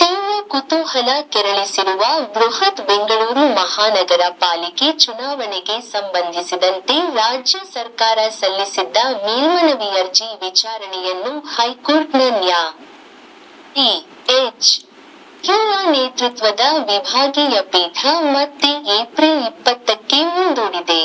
ತೀವ್ರ ಕುತೂಹಲ ಕೆರಳಿಸಿರುವ ಬೃಹತ್ ಬೆಂಗಳೂರು ಮಹಾನಗರ ಪಾಲಿಕೆ ಚುನಾವಣೆಗೆ ಸಂಬಂಧಿಸಿದಂತೆ ರಾಜ್ಯ ಸರ್ಕಾರ ಸಲ್ಲಿಸಿದ್ದ ಮೇಲ್ಮನವಿ ಅರ್ಜಿ ವಿಚಾರಣೆಯನ್ನು ಹೈಕೋರ್ಟ್ ನ ನ್ಯಾ. ಡಿ. ಎಚ್. ವಘೇಲಾ ನೇತೃತ್ವದ ವಿಭಾಗೀಯ ಪೀಠ ಮತ್ತೆ ಏಪ್ರಿಲ್ ಇಪ್ಪತ್ತಕ್ಕೆ ಮುಂದೂಡಿದೆ.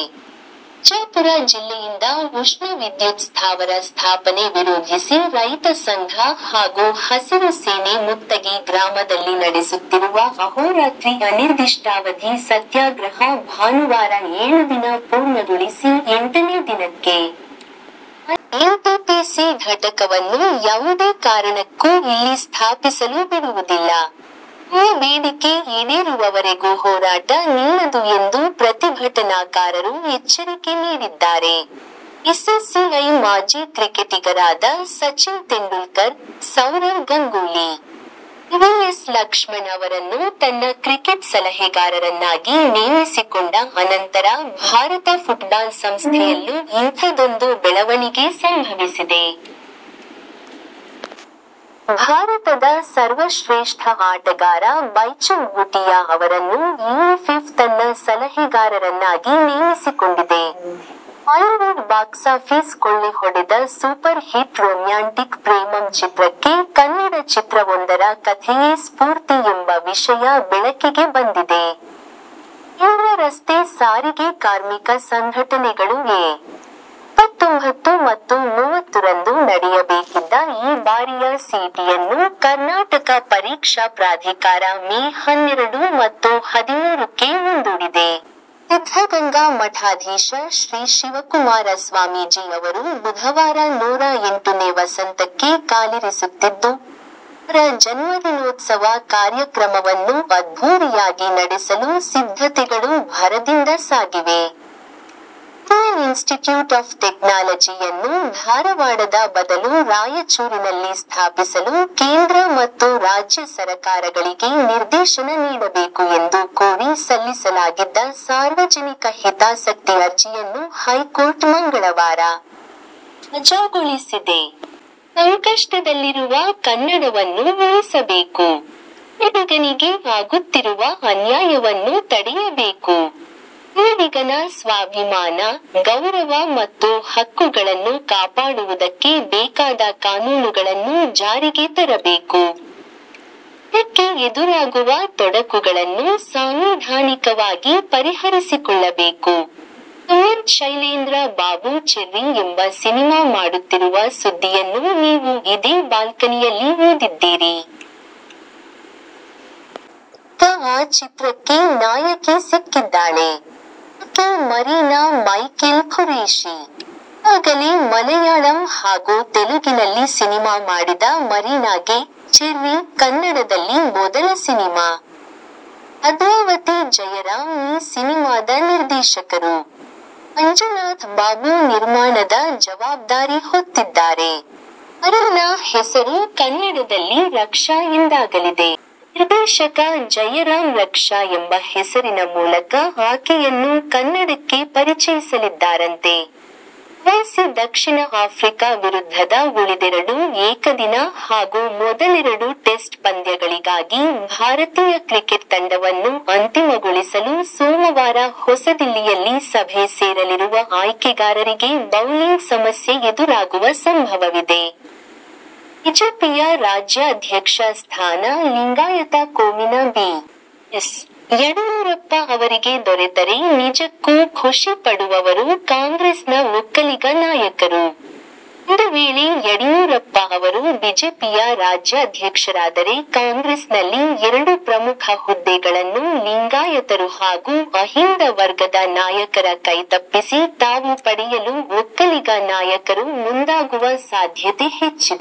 ವಿಜಾಪುರ ಜಿಲ್ಲೆಯಿಂದ ಉಷ್ಣ ವಿದ್ಯುತ್ ಸ್ಥಾವರ ಸ್ಥಾಪನೆ ವಿರೋಧಿಸಿ ರೈತ ಸಂಘ ಹಾಗೂ ಹಸಿರು ಸೇನೆ ಮುತ್ತಗಿ ಗ್ರಾಮದಲ್ಲಿ ನಡೆಸುತ್ತಿರುವ ಅಹೋರಾತ್ರಿ ಅನಿರ್ದಿಷ್ಟಾವಧಿ ಸತ್ಯಾಗ್ರಹ ಭಾನುವಾರ ಏಳು ದಿನ ಪೂರ್ಣಗೊಳಿಸಿ ಎಂಟನೇ ದಿನಕ್ಕೆ ಕಾಲಿರಿಸಿದೆ. ಎನ್ಟಿಪಿಸಿ ಘಟಕವನ್ನು ಯಾವುದೇ ಕಾರಣಕ್ಕೂ ಇಲ್ಲಿ ಸ್ಥಾಪಿಸಲು ಬಿಡುವುದಿಲ್ಲ. ನಮ್ಮ ಬೇಡಿಕೆ ಈಡೇರುವವರೆಗೂಹೋರಾಟ ನಿಲ್ಲದು ಎಂದು ಪ್ರತಿಭಟನಾಕಾರರು ಎಚ್ಚರಿಕೆ ನೀಡಿದ್ದಾರೆ. ಬಿಸಿಸಿಐ ಮಾಜಿ ಕ್ರಿಕೆಟಿಗರಾದ ಸಚಿನ್ ತೆಂಡುಲ್ಕರ್, ಸೌರವ್ ಗಂಗೂಲಿ, ವಿವಿಎಸ್ ಲಕ್ಷ್ಮಣ್ ಅವರನ್ನು ತನ್ನ ಕ್ರಿಕೆಟ್ ಸಲಹೆಗಾರರನ್ನಾಗಿ ನೇಮಿಸಿಕೊಂಡ ಅನಂತರ ಭಾರತ ಫುಟ್ಬಾಲ್ ಸಂಸ್ಥೆಯಲ್ಲೂ ಇಂಥದೊಂದು ಬೆಳವಣಿಗೆ ಸಂಭವಿಸಿದೆ. ಭಾರತದ ಸರ್ವಶ್ರೇಷ್ಠ ಆಟಗಾರ ಬೈಚುಂಗ್ ಭುಟಿಯಾ ಅವರನ್ನು ಎಐಎಫ್ಎಫ್ ತನ್ನ ಸಲಹೆಗಾರರನ್ನಾಗಿ ನೇಮಿಸಿಕೊಂಡಿದೆ. ಮಾಲಿವುಡ್ ಬಾಕ್ಸಾಫೀಸ್ ಕೊಳ್ಳೆಹೊಡೆದ ಸೂಪರ್ ಹಿಟ್ ರೊಮ್ಯಾಂಟಿಕ್ ಪ್ರೇಮಂ ಚಿತ್ರಕ್ಕೆ ಕನ್ನಡ ಚಿತ್ರವೊಂದರ ಕಥೆಯೇ ಸ್ಪೂರ್ತಿ ಎಂಬ ವಿಷಯ ಬೆಳಕಿಗೆ ಬಂದಿದೆ. ಕೇಂದ್ರ ರಸ್ತೆ ಸಾರಿಗೆ ಕಾರ್ಮಿಕ ಸಂಘಟನೆಗಳು ಎ. ಇಪ್ಪತ್ತಒಂಬತ್ತು ಮತ್ತು ಮೂವತ್ತು ರಂದು ನಡೆಯಬೇಕಿದ್ದ ಈ ಬಾರಿಯ ಸಿಇಟಿಯನ್ನು ಕರ್ನಾಟಕ ಪರೀಕ್ಷಾ ಪ್ರಾಧಿಕಾರ ಮೇ ಹನ್ನೆರಡು ಮತ್ತು ಹದಿಮೂರು ಕ್ಕೆ ಮುಂದೂಡಿದೆ. ಸಿದ್ಧಗಂಗಾ ಮಠಾಧೀಶ ಶ್ರೀ ಶಿವಕುಮಾರ ಸ್ವಾಮೀಜಿ ಅವರು ಬುಧವಾರ ನೂರಾ ಎಂಟು ನೇ ವಸಂತಕ್ಕೆ ಕಾಲಿರಿಸುತ್ತಿದ್ದು, ಅವರ ಜನ್ಮದಿನೋತ್ಸವ ಕಾರ್ಯಕ್ರಮವನ್ನು ಅದ್ಧೂರಿಯಾಗಿ ನಡೆಸಲು ಸಿದ್ಧತೆಗಳು ಭರದಿಂದ ಸಾಗಿವೆ. ಇಂಡಿಯನ್ ಇನ್ಸ್ಟಿಟ್ಯೂಟ್ ಆಫ್ ಟೆಕ್ನಾಲಜಿ ಯನ್ನು ಧಾರವಾಡದ ಬದಲು ರಾಯಚೂರಿನಲ್ಲಿ ಸ್ಥಾಪಿಸಲು ಕೇಂದ್ರ ಮತ್ತು ರಾಜ್ಯ ಸರಕಾರಗಳಿಗೆ ನಿರ್ದೇಶನ ನೀಡಬೇಕು ಎಂದು ಕೋರಿ ಸಲ್ಲಿಸಲಾಗಿದ್ದ ಸಾರ್ವಜನಿಕ ಹಿತಾಸಕ್ತಿ ಅರ್ಜಿಯನ್ನು ಹೈಕೋರ್ಟ್ ಮಂಗಳವಾರ ವಜಾಗೊಳಿಸಿದೆ. ಸಂಕಷ್ಟದಲ್ಲಿರುವ ಕನ್ನಡವನ್ನು ಉಳಿಸಬೇಕು. ಕನ್ನಡಿಗನಿಗೆ ಆಗುತ್ತಿರುವ ಅನ್ಯಾಯವನ್ನು ತಡೆಯ ಬೇಕು. ಕನ್ನಡಿಗನ ಸ್ವಾಭಿಮಾನ, ಗೌರವ ಮತ್ತು ಹಕ್ಕು ಗಳನ್ನು ಕಾಪಾಡುವುದಕ್ಕೆ ಬೇಕಾದ ಕಾನೂನುಗಳನ್ನು ಜಾರಿಗೆ ತರಬೇಕು. ಇದಕ್ಕೆ ಎದುರಾಗುವ ತೊಡಕುಗಳನ್ನು ಸಾಂವಿಧಾನಿಕವಾಗಿ ಪರಿಹರಿಸಿಕೊಳ್ಳಬೇಕು. ಸುಮಂತ್ ಶೈಲೇಂದ್ರ ಬಾಬು ಚೆರ್ರಿ ಎಂಬ ಸಿನಿಮಾ ಮಾಡುತ್ತಿರುವ ಸುದ್ದಿಯನ್ನು ನೀವು ಇದೇ ಬಾಲ್ಕನಿಯಲ್ಲಿ ಓದಿದ್ದೀರಿ. ಈಗ ಆ ಚಿತ್ರಕ್ಕೆ ನಾಯಕಿ ಸಿಕ್ಕಿದ್ದಾಳೆ. ಆಕೆ ಮರೀನಾ ಮೈಕೆಲ್ ಖುರೇಶಿ. ಈಗಾಗಲೇ ಮಲಯಾಳಂ ಹಾಗೂ ತೆಲುಗಿನಲ್ಲಿ ಸಿನಿಮಾ ಮಾಡಿದ ಮರೀನಾಗೆ "ಚೆರ್ರಿ' ಕನ್ನಡದಲ್ಲಿ ಮೊದಲ ಸಿನಿಮಾ. ಭದ್ರಾವತಿ ಜಯರಾಂ ಈ ಸಿನಿಮಾದ ನಿರ್ದೇಶಕರು. ಮಂಜುನಾಥ್ ಬಾಬು ನಿರ್ಮಾಣದ ಜವಾಬ್ದಾರಿ ಹೊತ್ತಿದ್ದಾರೆ. ಮರೀನಾ ಹೆಸರು ಕನ್ನಡದಲ್ಲಿ ರಕ್ಷಾ ಎಂದಾಗಲಿದೆ. ನಿರ್ದೇಶಕ ಜಯರಾಂ ರಕ್ಷಾ ಎಂಬ ಹೆಸರಿನ ಮೂಲಕ ಆಕೆಯನ್ನು ಕನ್ನಡಕ್ಕೆ ಪರಿಚಯಿಸಲಿದ್ದಾರಂತೆ. ಪ್ರವಾಸಿ ದಕ್ಷಿಣ ಆಫ್ರಿಕಾ ವಿರುದ್ಧದ ಉಳಿದೆರಡು ಏಕದಿನ ಹಾಗೂ ಮೊದಲೆರಡು ಟೆಸ್ಟ್ ಪಂದ್ಯಗಳಿಗಾಗಿ ಭಾರತೀಯ ಕ್ರಿಕೆಟ್ ತಂಡವನ್ನು ಅಂತಿಮಗೊಳಿಸಲು ಸೋಮವಾರ ಹೊಸದಿಲ್ಲಿಯಲ್ಲಿ ಸಭೆ ಸೇರಲಿರುವ ಆಯ್ಕೆಗಾರರಿಗೆ ಬೌಲಿಂಗ್ ಸಮಸ್ಯೆ ಎದುರಾಗುವ ಸಂಭವವಿದೆ. ಬಿಜೆಪಿಯ ರಾಜ್ಯಾಧ್ಯಕ್ಷ ಸ್ಥಾನ ಲಿಂಗಾಯತ ಕೋಮಿನ ಬಿ. ಎಸ್. ಯಡಿಯೂರಪ್ಪ ಅವರಿಗೆ ದೊರೆತರೆ ನಿಜಕ್ಕೂ ಖುಷಿ ಪಡುವವರು ಕಾಂಗ್ರೆಸ್ನ ಒಕ್ಕಲಿಗ ನಾಯಕರು! ಒಂದು ವೇಳೆ ಯಡಿಯೂರಪ್ಪ ಅವರು ಬಿಜೆಪಿಯ ರಾಜ್ಯಾಧ್ಯಕ್ಷರಾದರೆ ಕಾಂಗ್ರೆಸ್ನಲ್ಲಿ ಎರಡು ಪ್ರಮುಖ ಹುದ್ದೆ ಗಳನ್ನು ಲಿಂಗಾಯತರುಹಾಗೂ ಅಹಿಂದ ವರ್ಗದ ನಾಯಕರ ಕೈತಪ್ಪಿಸಿ ತಾವು ಪಡೆಯಲು ಒಕ್ಕಲಿಗ ನಾಯಕರು ಮುಂದಾಗುವ ಸಾಧ್ಯತೆ ಹೆಚ್ಚಿದೆ.